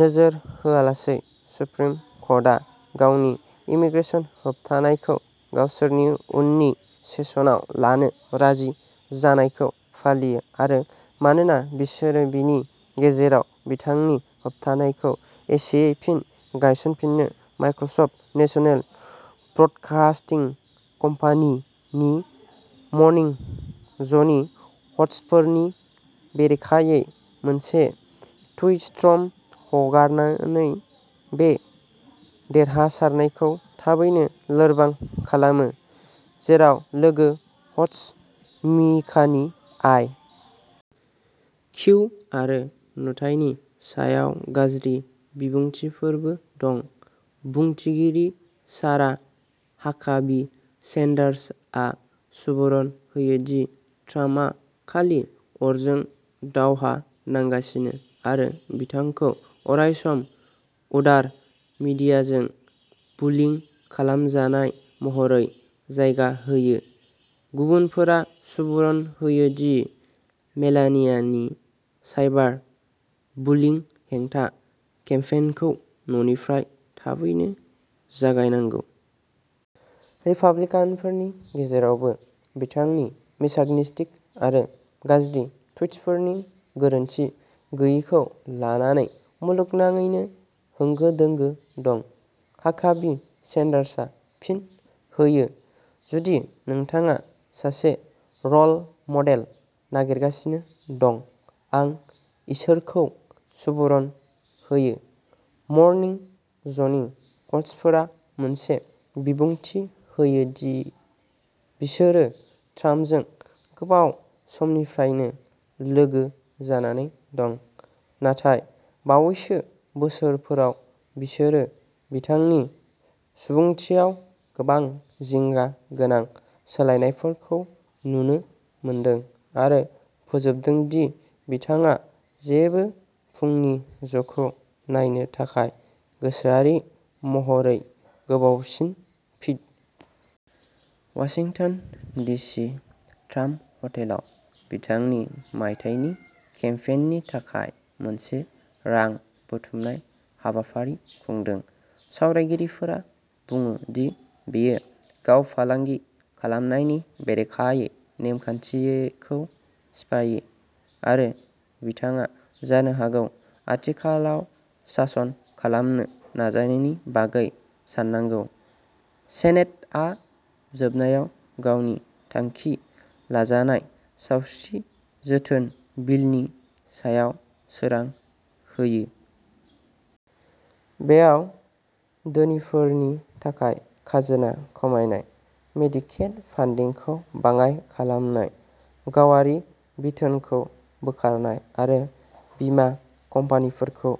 नोजोर होआलासै सुप्रिम कर्टआ गावनि इमीग्रेसन होबथानायखौ गावसोरनि उननि सेसनाव लानो राजि जानायखौ फालियो आरो मानोना बिसोर बेनि गेजेराव बिथांनि होबथानायखौ एसेयै फिन गायसनफिनो। माइक्रसप्त नेशनेल ब्रदकासटिं कम्पानी नि मर्नि ज'नि ह'स्टफोरनि बेरेखायै मोनसे टुइटस्टर्म हगारनानै बे देरहासारनायखौ थाबैनो लोरबां खालामो, जेराव लोगो ह'स्ट मिकानि आइ -- किउ. आरो नुथायनि सायाव गाज्रि बिबुंथिफोरबो दं। बुंथिगिरि सारा हाकाबी-सेन्डार्सआ सुबुरुन होयो दि ट्राम्पआ खालि "अरजों दावहा नांगासिनो" आरो बिथांखौ अरायसम "उदार मिडियाजों बुलिं" खालामजानाय महरै जायगा होयो। गुबुनफोरा सुबुरुन होयो दि मेलानियानि साइबार बुलिं हेंथा केम्पेइनखौ न'निफ्राय थाबैनो जागायनांगौ। रिपाब्लिकानफोरनि गेजेरावबो, बिथांनि मिसग'निसटिक आरो गाज्रि टुइटफोरनि गोरोनथि गैयैखौ लानानै मुलुगनाङैनो होंगो दोंगो दं। हाकाबी-सेन्डार्सआ फिन होयो, "जुदि नोंथाङा सासे रल मडेल नागिरगासिनो दं, आं इसोरखौ सुबुरुन होयो।" मर्नि ज'नि ह'स्टफोरा मोनसे बिबुंथि होयो दि बिसोरो ट्राम्पजों गोबाव समनिफ्रायनो लोगो जानानै दं, नाथाय बावैसो बोसोरफोराव बिसोरो बिथांनि सुबुंथियाव गोबां जिंगा गोनां सोलायनायफोरखौ नुनो मोनदों आरो फोजोबदों दि बिथाङा जेबो फुंनि ज'खौ नायनो थाखाय गोसोआरि महरै गोबावसिन फिट -- वाशिंटन डिसि ट्राम्प हटेलाव बिथांनि मायथाइनि केम्पेइननि थाखाय मोनसे रां बुथुमनाय हाबाफारि खुंदों। सावरायगिरिफोरा बुङो दि बेयो गाव-फालांगि खालामनायनि बेरेखायै नेमखानथिखौ सिफायो, आरो बिथाङा जानो हागौ आथिखालाव सासन खालामनो नाजानायनि बागै साननांगौ। सेनेटआ जोबनायाव गावनि थांखि लाजानाय सावस्रि जोथोन बिलनि सायाव सोरां होयो। बेयाव धोनिफोरनि थाखाय खाजोना खमायनाय, मेडिकेड फान्डिंखौ बाङाइ खालामनाय, गावारि बिथोनखौ बोखारनाय आरो बीमा कम्पानिफोरखौ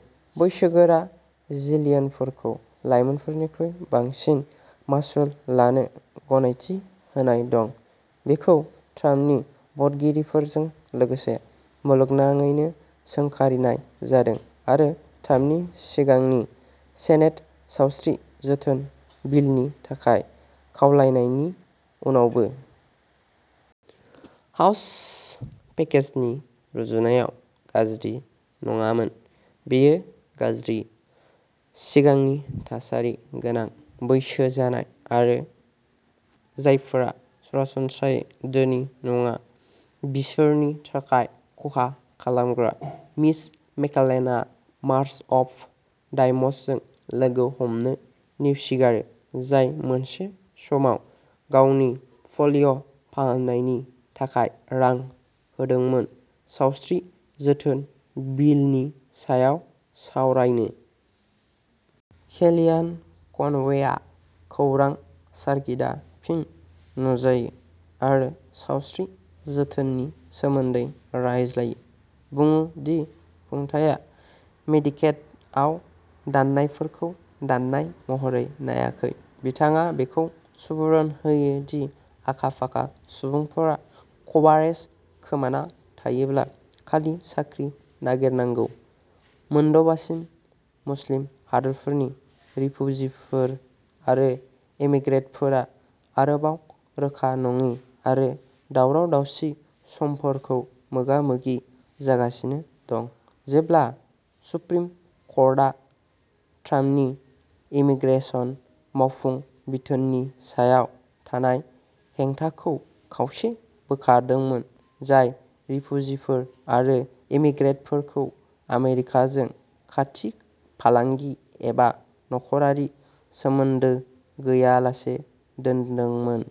बैसोगोरा जिलियनफोरखौ लाइमोनफोरनिख्रुइ बांसिन मासुल लानो गनायथि होनाय दं। बेखौ ट्राम्पनि भटगिरिफोरजों लोगोसे मुलुगनाङैनो सोंखारिनाय जादों। आरो ट्राम्पनि सिगांनि सेनेट सावस्रि जोथोन बिलनि थाखाय खावलायनायनि उनावबो। हाउस पेकेजनि रुजुनायाव "गाज्रि" नङामोन, बेयो गाज्रिः सिगांनि थासारि गोनां, बैसो जानाय, आरो जायफोरा सरासनस्रायै धोनि नङा, बिसोरनि थाखाय खहा खालामग्रा। मिच मेककनेलआ मार्च अफ डाइम्सजों लोगो हमनो नेवसिगारो जाय मोनसे समाव गावनि पलिय' फाहामनायनि थाखाय रां होदोंमोन सावस्रि जोथोन बिलनि सायाव सावरायनो। केलियान कनवेआ खौरां सार्किटा फिन नुजायो आरो सावस्रि जोथोननि सोमोन्दै रायज्लायो, बुङो दि खुंथायआ मेडिकेडआव दाननायफोरखौ दाननाय महरै नायाखै। बिथाङा बेखौबो सुबुरुन होयो दि "आखा-फाखा" सुबुंफोरा कभारेज खोमाना थायोब्ला खालि साख्रि नागिरनांगौ। मोनद'बांसिन मुस्लिम हादोरफोरनि रिफुजिफोर आरो इम्मिग्रेन्टफोरा आरोबाव रोखा नङि आरो दावराव-दावसि समफोरखौ मोगा-मोगि जागासिनो दं, जेब्ला सुप्रिम कर्टा ट्राम्पनि इमीग्रेसन मावफुं बिथोननि सायाव थानाय हेंथाखौ खावसे बोखारदोंमोन, जाय रिफुजिफोर आरो इम्मिग्रेन्टफोरखौ आमेरिकाजों खाथि फालांगि एबा नखरारि सोमोन्दो गैयालासे दोनदोंमोन।